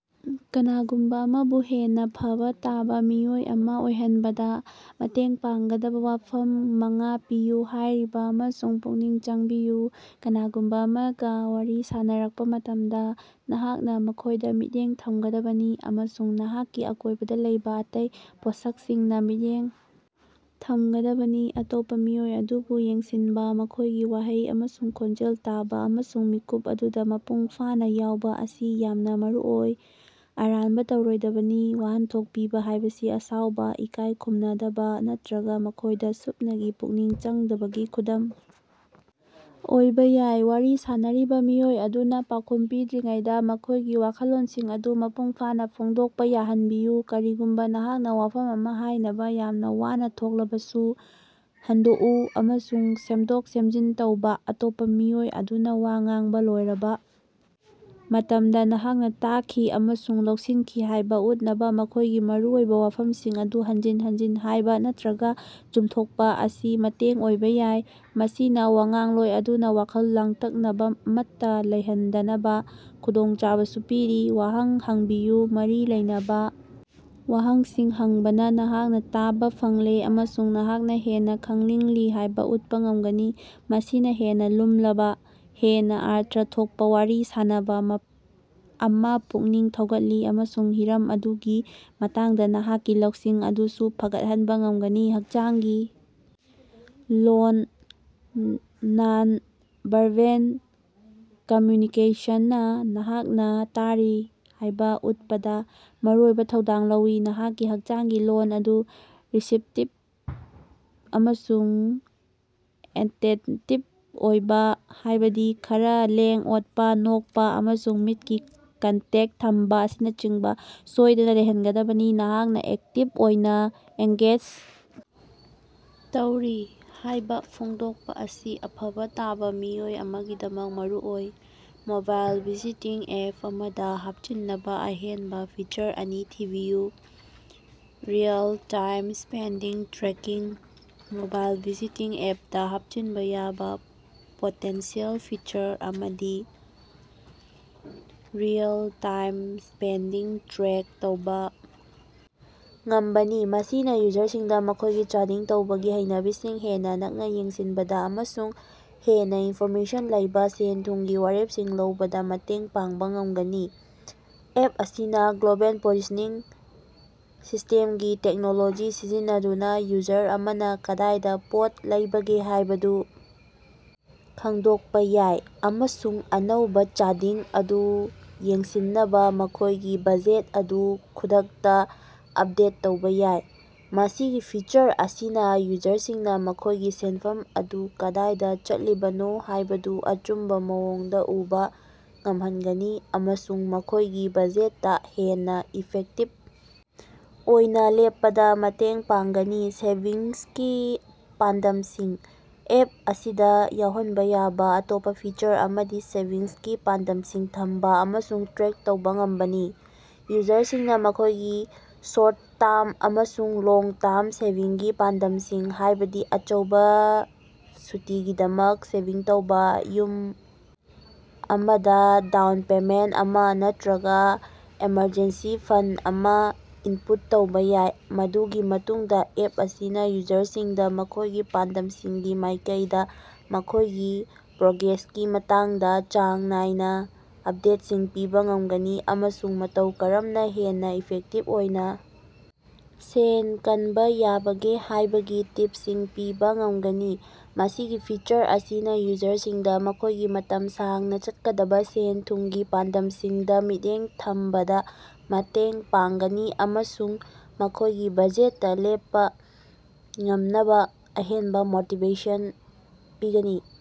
ꯀꯅꯥꯒꯨꯝꯕ ꯑꯃꯕꯨ ꯍꯦꯟꯅ ꯐꯕ ꯇꯥꯕ ꯃꯤꯑꯣꯏ ꯑꯃ ꯑꯣꯏꯍꯟꯕꯗ ꯃꯇꯦꯡ ꯄꯥꯡꯒꯗꯕ ꯋꯥꯐꯝ ꯃꯉꯥ ꯄꯤꯌꯨ꯫ ꯍꯥꯏꯔꯤꯕ ꯑꯃꯁꯨꯡ ꯄꯨꯛꯅꯤꯡ ꯆꯪꯕꯤꯌꯨ: ꯀꯅꯥꯒꯨꯝꯕ ꯑꯃꯒ ꯋꯥꯔꯤ ꯁꯥꯅꯔꯛꯄ ꯃꯇꯝꯗ, ꯅꯍꯥꯛꯅ ꯃꯈꯣꯏꯗ ꯃꯤꯠꯌꯦꯡ ꯊꯝꯒꯗꯕꯅꯤ ꯑꯃꯁꯨꯡ ꯅꯍꯥꯛꯀꯤ ꯑꯀꯣꯏꯕꯗ ꯂꯩꯕ ꯑꯇꯩ ꯄꯣꯠꯁꯛꯁꯤꯡꯅ ꯃꯤꯠꯌꯦꯡ ꯊꯝꯒꯗꯕꯅꯤ꯫ ꯑꯇꯣꯞꯄ ꯃꯤꯑꯣꯏ ꯑꯗꯨꯕꯨ ꯌꯦꯡꯁꯤꯟꯕ, ꯃꯈꯣꯏꯒꯤ ꯋꯥꯍꯩ ꯑꯃꯁꯨꯡ ꯈꯣꯟꯖꯦꯜ ꯇꯥꯕ, ꯑꯃꯁꯨꯡ ꯃꯤꯀꯨꯞ ꯑꯗꯨꯗ ꯃꯄꯨꯡ ꯐꯥꯅ ꯌꯥꯎꯕ ꯑꯁꯤ ꯌꯥꯝꯅ ꯃꯔꯨꯑꯣꯏ꯫ ꯑꯔꯥꯟꯕ ꯇꯧꯔꯣꯏꯗꯕꯅꯤ: ꯋꯥꯍꯟꯊꯣꯛ ꯄꯤꯕ ꯍꯥꯏꯕꯁꯤ ꯑꯁꯥꯎꯕ, ꯏꯀꯥꯏ ꯈꯨꯝꯅꯗꯕ ꯅꯠꯇꯔꯒ ꯃꯈꯣꯏꯗ ꯁꯨꯞꯅꯒꯤ ꯄꯨꯛꯅꯤꯡ ꯆꯪꯗꯕꯒꯤ ꯈꯨꯗꯝ ꯑꯣꯏꯕ ꯌꯥꯏ꯫ ꯋꯥꯔꯤ ꯁꯥꯟꯅꯔꯤꯕ ꯃꯤꯑꯣꯏ ꯑꯗꯨꯅ ꯄꯥꯎꯈꯨꯝ ꯄꯤꯗ꯭ꯔꯤꯉꯩꯗ ꯃꯈꯣꯏꯒꯤ ꯋꯥꯈꯜꯂꯣꯟꯁꯤꯡ ꯑꯗꯨ ꯃꯄꯨꯡ ꯐꯥꯅ ꯐꯣꯡꯗꯣꯛꯄ ꯌꯥꯍꯟꯕꯤꯌꯨ, ꯀꯔꯤꯒꯨꯝꯕ ꯅꯍꯥꯛꯅ ꯋꯥꯐꯝ ꯑꯃ ꯍꯥꯏꯅꯕ ꯌꯥꯝꯅ ꯋꯥꯅ ꯊꯣꯛꯂꯕꯁꯨ꯫ ꯍꯟꯗꯣꯛꯎ ꯑꯃꯁꯨꯡ ꯁꯦꯝꯗꯣꯛ-ꯁꯦꯝꯖꯤꯟ ꯇꯧꯕꯥ: ꯑꯇꯣꯞꯄ ꯃꯤꯑꯣꯏ ꯑꯗꯨꯅ ꯋꯥ ꯉꯥꯡꯕ ꯂꯣꯏꯔꯕ ꯃꯇꯝꯗ, ꯅꯍꯥꯛꯅ ꯇꯥꯈꯤ ꯑꯃꯁꯨꯡ ꯂꯧꯁꯤꯟꯈꯤ ꯍꯥꯏꯕ ꯎꯠꯅꯕ ꯃꯈꯣꯏꯒꯤ ꯃꯔꯨꯑꯣꯏꯕ ꯋꯥꯐꯝꯁꯤꯡ ꯑꯗꯨ ꯍꯟꯖꯤꯟ ꯍꯟꯖꯤꯟ ꯍꯥꯏꯕ ꯅꯠꯇꯔꯒ ꯆꯨꯝꯊꯣꯛꯄ ꯑꯁꯤ ꯃꯇꯦꯡ ꯑꯣꯏꯕ ꯌꯥꯏ꯫ ꯃꯁꯤꯅ ꯋꯥꯉꯥꯡꯂꯣꯏ ꯑꯗꯨꯅ ꯋꯥꯈꯜ ꯂꯥꯡꯇꯛꯅꯕ ꯑꯃꯠꯇ ꯂꯩꯍꯟꯗꯅꯕ ꯈꯨꯗꯣꯡꯆꯥꯕꯁꯨ ꯄꯤꯔꯤ꯫ ꯋꯥꯍꯪ ꯍꯪꯕꯤꯌꯨ: ꯃꯔꯤ ꯂꯩꯅꯕ ꯋꯥꯍꯪꯁꯤꯡ ꯍꯪꯕꯅ ꯅꯍꯥꯛꯅ ꯇꯥꯕ ꯐꯪꯂꯦ ꯑꯃꯁꯨꯡ ꯅꯍꯥꯛꯅ ꯍꯦꯟꯅꯥ ꯈꯪꯅꯤꯡꯂꯤ ꯍꯥꯏꯕ ꯎꯠꯄ ꯉꯝꯒꯅꯤ꯫ ꯃꯁꯤꯅ ꯍꯦꯟꯅ ꯂꯨꯝꯂꯕ, ꯍꯦꯟꯅ ꯑꯔꯊ ꯊꯣꯛꯄ ꯋꯥꯔꯤ ꯁꯥꯅꯕ ꯃꯞ ꯑꯃꯥ ꯄꯨꯛꯅꯤꯡ ꯊꯧꯒꯠꯂꯤ ꯑꯃꯁꯨꯡ ꯍꯤꯔꯝ ꯑꯗꯨꯒꯤ ꯃꯇꯥꯡꯗ ꯅꯍꯥꯛꯀꯤ ꯂꯧꯁꯤꯡ ꯑꯗꯨꯁꯨ ꯐꯒꯠꯍꯟꯕ ꯉꯝꯒꯅꯤ꯫ ꯍꯛꯆꯥꯡꯒꯤ ꯂꯣꯟ: ꯅꯟ-ꯚꯥꯔꯕꯦꯜ ꯀꯝꯃ꯭ꯌꯨꯅꯤꯀꯦꯁꯟꯅ ꯅꯍꯥꯛꯅ ꯇꯥꯔꯤ ꯍꯥꯏꯕ ꯎꯠꯄꯗ ꯃꯔꯨꯑꯣꯏꯕ ꯊꯧꯗꯥꯡ ꯂꯧꯏ꯫ ꯅꯍꯥꯛꯀꯤ ꯍꯛꯆꯥꯡꯒꯤ ꯂꯣꯟ ꯑꯗꯨ ꯔꯤꯁꯤꯞꯇꯤꯚ ꯑꯃꯁꯨꯡ ꯑꯦꯇꯦꯇꯤꯚ ꯑꯣꯏꯕ, ꯍꯥꯏꯕꯗꯤ ꯈꯔ ꯂꯦꯡ-ꯑꯣꯠꯄ, ꯅꯣꯛꯄ, ꯑꯃꯁꯨꯡ ꯃꯤꯠꯀꯤ ꯀꯟꯇꯦꯛ ꯊꯝꯕ ꯑꯁꯤꯅꯆꯤꯡꯕ ꯁꯣꯏꯗꯅ ꯂꯩꯍꯟꯒꯗꯕꯅꯤ꯫ ꯅꯍꯥꯛꯅ ꯑꯦꯛꯇꯤꯕ ꯑꯣꯏꯅ ꯑꯦꯡꯒꯦꯖ ꯇꯧꯔꯤ ꯍꯥꯏꯕ ꯐꯣꯡꯗꯣꯛꯄ ꯑꯁꯤ ꯑꯐꯕ ꯇꯥꯕ ꯃꯤꯑꯣꯏ ꯑꯃꯒꯤꯗꯃꯛ ꯃꯔꯨꯑꯣꯏ꯫ ꯃꯣꯕꯥꯏꯜ ꯕꯖꯦꯇꯤꯡ ꯑꯦꯞ ꯑꯃꯗ ꯍꯥꯞꯆꯤꯟꯅꯕ ꯑꯍꯦꯟꯕ ꯐꯤꯆꯔ ꯑꯅꯤ ꯊꯤꯕꯤꯌꯨ꯫ Real time spending tracking: mobile budgeting ꯑꯦꯞꯇ ꯍꯥꯞꯆꯤꯟꯕ ꯌꯥꯕ ꯄꯣꯇꯦꯟꯁꯤꯌꯦꯜ ꯐꯤꯆꯔ ꯑꯃꯗꯤ ꯔꯤꯑꯦꯜ-ꯇꯥꯏꯝ ꯁ꯭ꯄꯦꯟꯗꯤꯡ ꯇ꯭ꯔꯦꯛ ꯇꯧꯕ ꯉꯝꯕꯅꯤ꯫ ꯃꯁꯤꯅ ꯌꯨꯖꯔꯁꯤꯡꯗ ꯃꯈꯣꯏꯒꯤ ꯆꯥꯗꯤꯡ ꯇꯧꯕꯒꯤ ꯍꯩꯅꯕꯤꯁꯤꯡ ꯍꯦꯟꯅ ꯅꯛꯅ ꯌꯦꯡꯁꯤꯟꯕꯗ ꯑꯃꯁꯨꯡ ꯍꯦꯟꯅ ꯏꯟꯐꯣꯔꯃꯦꯁꯟ ꯂꯩꯕ ꯁꯦꯜ-ꯊꯨꯝꯒꯤ ꯋꯥꯔꯦꯞꯁꯤꯡ ꯂꯧꯕꯗ ꯃꯇꯦꯡ ꯄꯥꯡꯕ ꯉꯝꯒꯅꯤ꯫ ꯑꯦꯞ ꯑꯁꯤꯅ ꯒ꯭ꯂ‌ꯣꯕ‌ꯦꯜ ꯄ‌ꯣꯖꯤꯁꯟꯅꯤꯡ ꯁꯤꯁꯇ‌ꯦꯝꯀꯤ ꯇꯦꯛꯅꯣꯂꯣꯖꯤ ꯁꯤꯖꯤꯟꯅꯗꯨꯅ ꯌꯨꯖꯔ ꯑꯃꯅ ꯀꯗꯥꯏꯗ ꯄꯣꯠ ꯂꯩꯕꯒꯦ ꯍꯥꯏꯕꯗꯨ ꯈꯪꯗꯣꯛꯄ ꯌꯥꯏ ꯑꯃꯁꯨꯡ ꯑꯅꯧꯕ ꯆꯥꯗꯤꯡ ꯑꯗꯨ ꯌꯦꯡꯁꯤꯟꯅꯕ ꯃꯈꯣꯏꯒꯤ ꯕꯖꯦꯠ ꯑꯗꯨ ꯈꯨꯗꯛꯇ ꯑꯞꯗꯦꯠ ꯇꯧꯕ ꯌꯥꯏ꯫ ꯃꯁꯤꯒꯤ ꯐꯤꯆꯔ ꯑꯁꯤꯅ ꯌꯨꯖꯔꯁꯤꯡꯅ ꯃꯈꯣꯏꯒꯤ ꯁꯦꯟꯐꯝ ꯑꯗꯨ ꯀꯗꯥꯏꯗ ꯆꯠꯂꯤꯕꯅꯣ ꯍꯥꯏꯕꯗꯨ ꯑꯆꯨꯝꯕ ꯃꯑꯣꯡꯗ ꯎꯕ ꯉꯝꯍꯟꯒꯅꯤ ꯑꯃꯁꯨꯡ ꯃꯈꯣꯏꯒꯤ ꯕꯖꯦꯠꯇ ꯍꯦꯟꯅ ꯏꯐꯦꯛꯇꯤꯕ ꯑꯣꯏꯅ ꯂꯦꯞꯄꯗ ꯃꯇꯦꯡ ꯄꯥꯡꯒꯅꯤ꯫ ꯁꯦꯚꯤꯡꯁꯀꯤ ꯄꯥꯟꯗꯝꯁꯤꯡ: ꯑꯦꯞ ꯑꯁꯤꯗ ꯌꯥꯎꯍꯟꯕ ꯌꯥꯕ ꯑꯇꯣꯞꯄ ꯐꯤꯆꯔ ꯑꯃꯗꯤ ꯁꯦꯚꯤꯡꯁꯀꯤ ꯄꯥꯟꯗꯝꯁꯤꯡ ꯊꯝꯕ ꯑꯃꯁꯨꯡ ꯇ꯭ꯔꯦꯛ ꯇꯧꯕ ꯉꯝꯕꯅꯤ꯫ ꯌꯨꯖꯔꯁꯤꯡꯅ ꯃꯈꯣꯏꯒꯤ ꯁꯣꯔꯠ-ꯇꯥꯝ ꯑꯃꯁꯨꯡ ꯂꯣꯡ-ꯇꯥꯝ ꯁꯦꯚꯤꯡꯒꯤ ꯄꯥꯟꯗꯝꯁꯤꯡ, ꯍꯥꯏꯕꯗꯤ ꯑꯆꯧꯕ ꯁꯨꯇꯤꯒꯤꯗꯃꯛ ꯁꯦꯚꯤꯡ ꯇꯧꯕ, ꯌꯨꯝ ꯑꯃꯗ ꯗꯥꯎꯟ ꯄꯦꯃꯦꯟꯠ ꯑꯃꯥ ꯅꯠꯇꯔꯒ ꯑꯦꯃꯔꯖꯦꯟꯁꯤ ꯐꯟꯗ ꯑꯃ ꯏꯟꯄꯨꯠ ꯇꯧꯕ ꯌꯥꯏ꯫ ꯃꯗꯨꯒꯤ ꯃꯇꯨꯡꯗ ꯑꯦꯞ ꯑꯁꯤꯅ ꯌꯨꯖꯔꯁꯤꯡꯗ ꯃꯈꯣꯏꯒꯤ ꯄꯥꯟꯗꯝꯁꯤꯡꯒꯤ ꯃꯥꯏꯀꯩꯗ ꯃꯈꯣꯏꯒꯤ ꯄ꯭ꯔꯣꯒ꯭ꯔꯦꯁꯀꯤ ꯃꯇꯥꯡꯗ ꯆꯥꯡ ꯅꯥꯏꯅ ꯑꯞꯗꯦꯠꯁꯤꯡ ꯄꯤꯕ ꯉꯝꯒꯅꯤ ꯑꯃꯁꯨꯡ ꯃꯇꯧ ꯀꯔꯝꯅ ꯍꯦꯟꯅ ꯏꯐꯦꯛꯇꯤꯕ ꯑꯣꯏꯅ ꯁꯦꯟ ꯀꯟꯕ ꯌꯥꯕꯒꯦ ꯍꯥꯏꯕꯒꯤ ꯇꯤꯞꯁꯤꯡ ꯄꯤꯕ ꯉꯝꯒꯅꯤ꯫ ꯃꯁꯤꯒꯤ ꯐꯤꯆꯔ ꯑꯁꯤꯅ ꯌꯨꯖꯔꯁꯤꯡꯗ ꯃꯈꯣꯏꯒꯤ ꯃꯇꯝ ꯁꯥꯡꯅ ꯆꯠꯀꯗꯕ ꯁꯦꯟ-ꯊꯨꯝꯒꯤ ꯄꯥꯟꯗꯝꯁꯤꯡꯗ ꯃꯤꯠꯌꯦꯡ ꯊꯝꯕꯗ ꯃꯇꯦꯡ ꯄꯥꯡꯒꯅꯤ ꯑꯃꯁꯨꯡ ꯃꯈꯣꯏꯒꯤ ꯕꯖꯦꯠꯇ ꯂꯦꯞꯄ ꯉꯝꯅꯕ ꯑꯍꯦꯟꯕ ꯃꯣꯇꯤꯕꯦꯁꯟ ꯄꯤꯒꯅꯤ꯫